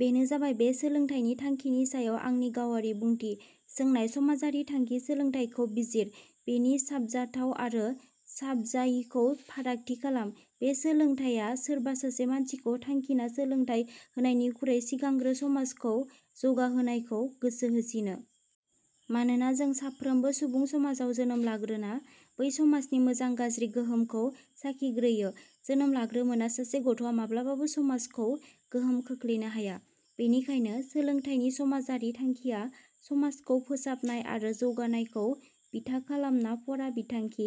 बेनो जाबाय बे सोलोंथाइनि थांखिनि सायाव आंनि गावारि बुंथि। सोंनाय –. समाजारि थांखि सोलोंथाइखौ बिजिर। बेनि साबजाथाव आरो साबजायिखौ फारागथि खालाम। बे सोलोंथाइया सोरबा सासे मानसिखौ थांखिना सोलोंथाइ होनायनिख्रुइ सिगांग्रो समाजखौ जौगाहोनायखौ गोसो होसिनो। मानोना जों साफ्रोमबो सुबुं समाजाव जोनोम लाग्रोना बै समाजनि मोजां-गाज्रि गोहोमखौ साखिग्रोयो। जोनोम लाग्रोमोना सासे गथ'वा माब्लाबाबो समाजखौ गोहोम खोखलैनो हाया। बेनिखायनो सोलोंथाइनि समाजारि थांखिया समाजखौ फोसाबनाय आरो जौगानायखौ बिथा खालामना फरा बिथांखि,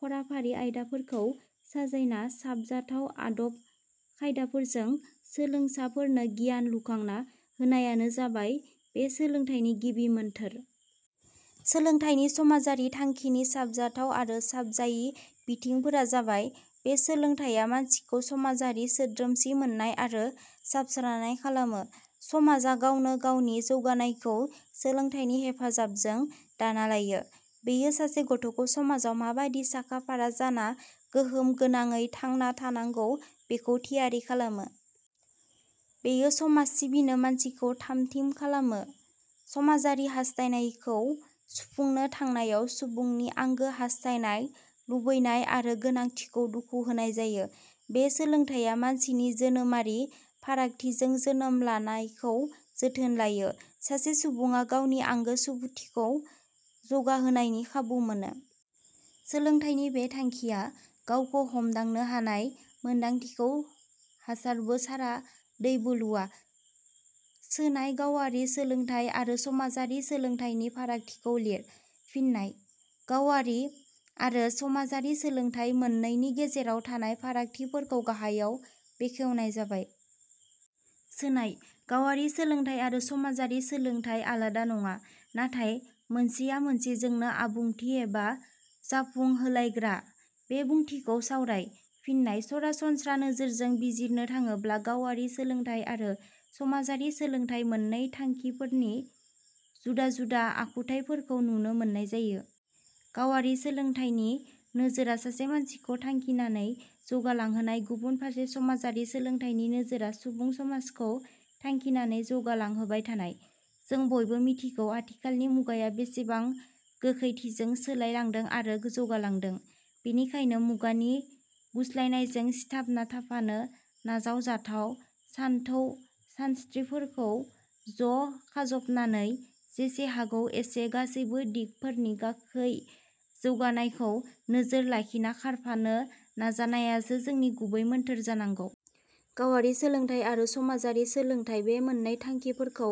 फराफारि आयदाफोरखौ साजायना साबजाथाव आदब- खायदाफोरजों सोलोंसाफोरनो गियान लुखांना होनायानो जाबाय बे सोलोंथाइनि गिबि मोन्थोर। सोलोंथाइनि समाजारि थांखिनि साबजाथाव आरो साबजायि बिथिंफोरा जाबाय – बें सोलोंथाइया मानसिखौ समाजारि, सोद्रोमसि मोन्नाय आरो साबस्रानाय खालामो। समाजा गावनो गावनि जौगानायखौ सोलोंथाइनि हेफाजाबजों दाना लायो। बेयो सासे गथ'खौ समाजाव माबादि साखा-फारा जाना गोहोम गोनाङै थांना थानांगौ बेखौ थियारि खालामो। बेयो समाज सिबिनो मानसिखौ थामथिम खालामो। समाजारि हास्थायनायखौ सुफुंनो थांनायाव सुबुंनि आंगो हास्थायनाय, लुबैनाय आरो गोनांथिखौ दुखु होनाय जायो। बे सोलोंथाइया मानसिनि जोनोमारि फारागथिजों जोनोम लानायखौ जोथोन लाया। सासे सुबुङा गावनि आंगो सुबुथिखौ जौगाहोनायनि खाबु मोना। सोलोंथाइनि बे थांखिया गावखौ हमदांनो हानाय मोन्दांथिखौ हासारबो सारा दैबो लुवा। सोनाय –. गावआरि सोलोंथाइ आरो समाजारि सोलोंथाइनि फारागथिखौ लिर। फिन्नाय: गावआरि आरो समाजारि सोलोंथाइ मोन्नैनि गेजेराव थानाय फारागथिफोरखौ गाहायाव बोखावनाय जाबाय। सोनाय –. गावारि सोलोंथाइ आरो समाजारि सोलोंथाइ आलादा नङा, नाथाय मोनसेया मोनसेजों आबुंथि एबा जाफुंहोलायग्रा। बे बुंथिखौ सावराय। फिन्नाय: सरासनस्रा नोजोरजों बिजिरनो थाडोब्ला गावारि सोलोंथाइ आरो समाजारि सोलोंथाइ मोन्नै थांखिफोरनि जुदा-जुदा आखुथाइफोरखौ नुनो मोन्नाय जायो। गावारि सोलोंथाइनि नोजोरा सासे मानसिखौ थांखिनानै जौगालांहोनाय गुबुन फारसे समाजारि सोलोंथाइनि नोजोरा सुबुं समाजखौ थांखिनानै जौगालांहोबाय थानाय। जों बयबो मिथिगौ आथिखालनि मुगाया बेसेबां गोखैथिजों सोलाय लांदों आरो जौगालांदों। बेनिखायनो मुगानि गुस्लायनायजों सिथाबना थाफानो नाजावजाथाव सानथौ सानस्त्रिफोरखौ ज' खाजबनानै जेसे हागौ एसे गासैबो दिगफोरनि गोखै जौगानायखौ नोजोर लाखिना खारफानो नाजानायासो जोंनि गुबै मोन्थोर जानांगौ। गावारि सोलोंथाइ आरो समाजारि सोलोंथाइ बे मोन्नै थांखिफोरखौ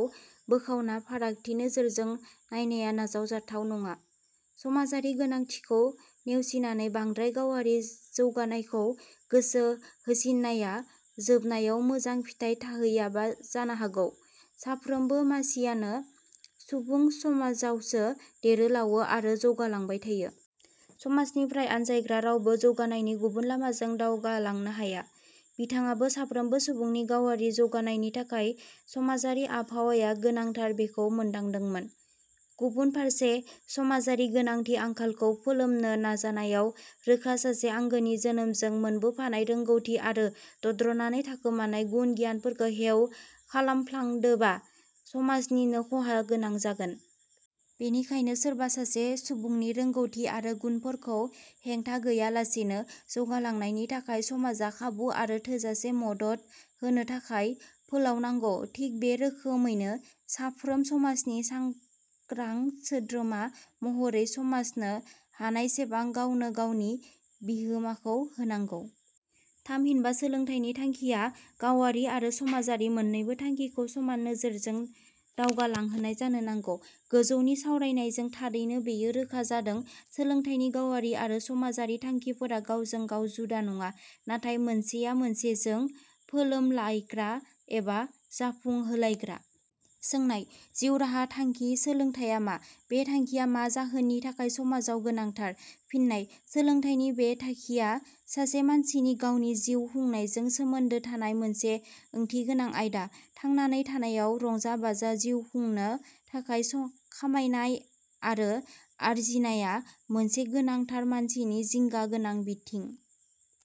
बोखावना फारागथि नोजोरजों नायनाया नाजाव जाथाव नङा। समाजारि गोनांथिखौ नेउसिनानै बांद्राय गावारि जौगानायखौ गोसो होसिन्नाया जोबनायाव मोजां फिथाइ थाहैयाबो जानो हागौ। साफ्रोमबो मासियानो सुबुं समाजावसो देरो-लावो आरो जौगालांबाय थायो। समाजनिफ्राय आनज्रायना रावबो जौगानायनि गुबुन लामाजों दावगालांनो हाया।, बिथाङाबो साफ्रोमबो सुबुंनि गावारि जौगानायनि थाखाय समाजारि आबहावाया गोनांधार बेखौ मोन्दांदोंमोन। गुबुन फारसे समाजारि गोनांथि-आंखालखौ फोलोमनो नाजानायाव रोखा सासे आंगोनि जोनोमजों मोनबोफानाय रोंगौथि आरो दद्रनाने थाखोमानाय गुन-गियानफोरखौ हेव खालामफ्लांदोबा समाजनिनो ख 'हा गोनां जागोन। बेनिखायनो सोरबा सासे सुबुंनि रोंगौथि आरो गुनफोरखौ हेंथा गैयालासिनो जौगालांनायनि थाखाय समाजा खाबु आरो थोजासे मदद होनो आखाइ फोलावनांगौ। थिग बे रोखोमैनो साफ्रोम समाजनि सांग्रां सोद्रोमा महरै समाजनो हानायसेबां गावबा गावनि बिहोमाखौ होनांगौ। थामहिनबा सोलोंथाइनि थांखिया गावारि आरो समाजारि मोन्नैबो थांखिखौ समान नोजोरजों दावगालांहोनाय जानो नांगौ। गोजौनि सावरायनायजों थारैनो बेयो रोखा जादों सोलोंथाइनि गावारि आरो समाजारि थांखिफोरा गावजों गाव जुदा नङा नाथाय मोनसेया मोनसेजों फोलोमलायग्रा एबा जाफुंहोलायग्रा। सोंनाय-. जिउ राहा थांखि सोलोंथाइया मा? बे थांखिया मा जाहोननि थाखाय समाजाव गोनांथार। फिन्नाय: सोलोंथाइनि बे थाखिया सासे मानसिनि गावनि जिउ खुंनायजों सोमोन्दो थानाय मोनसे ओंथिगोनां आयदा। थांनानै थानायाव रंजा-बाजा जिउ खुंनो थाखाय खामायनाय आरो आरजिनाया मोनसे गोनांथार मानसिनि जिंगा गोनां बिथिं।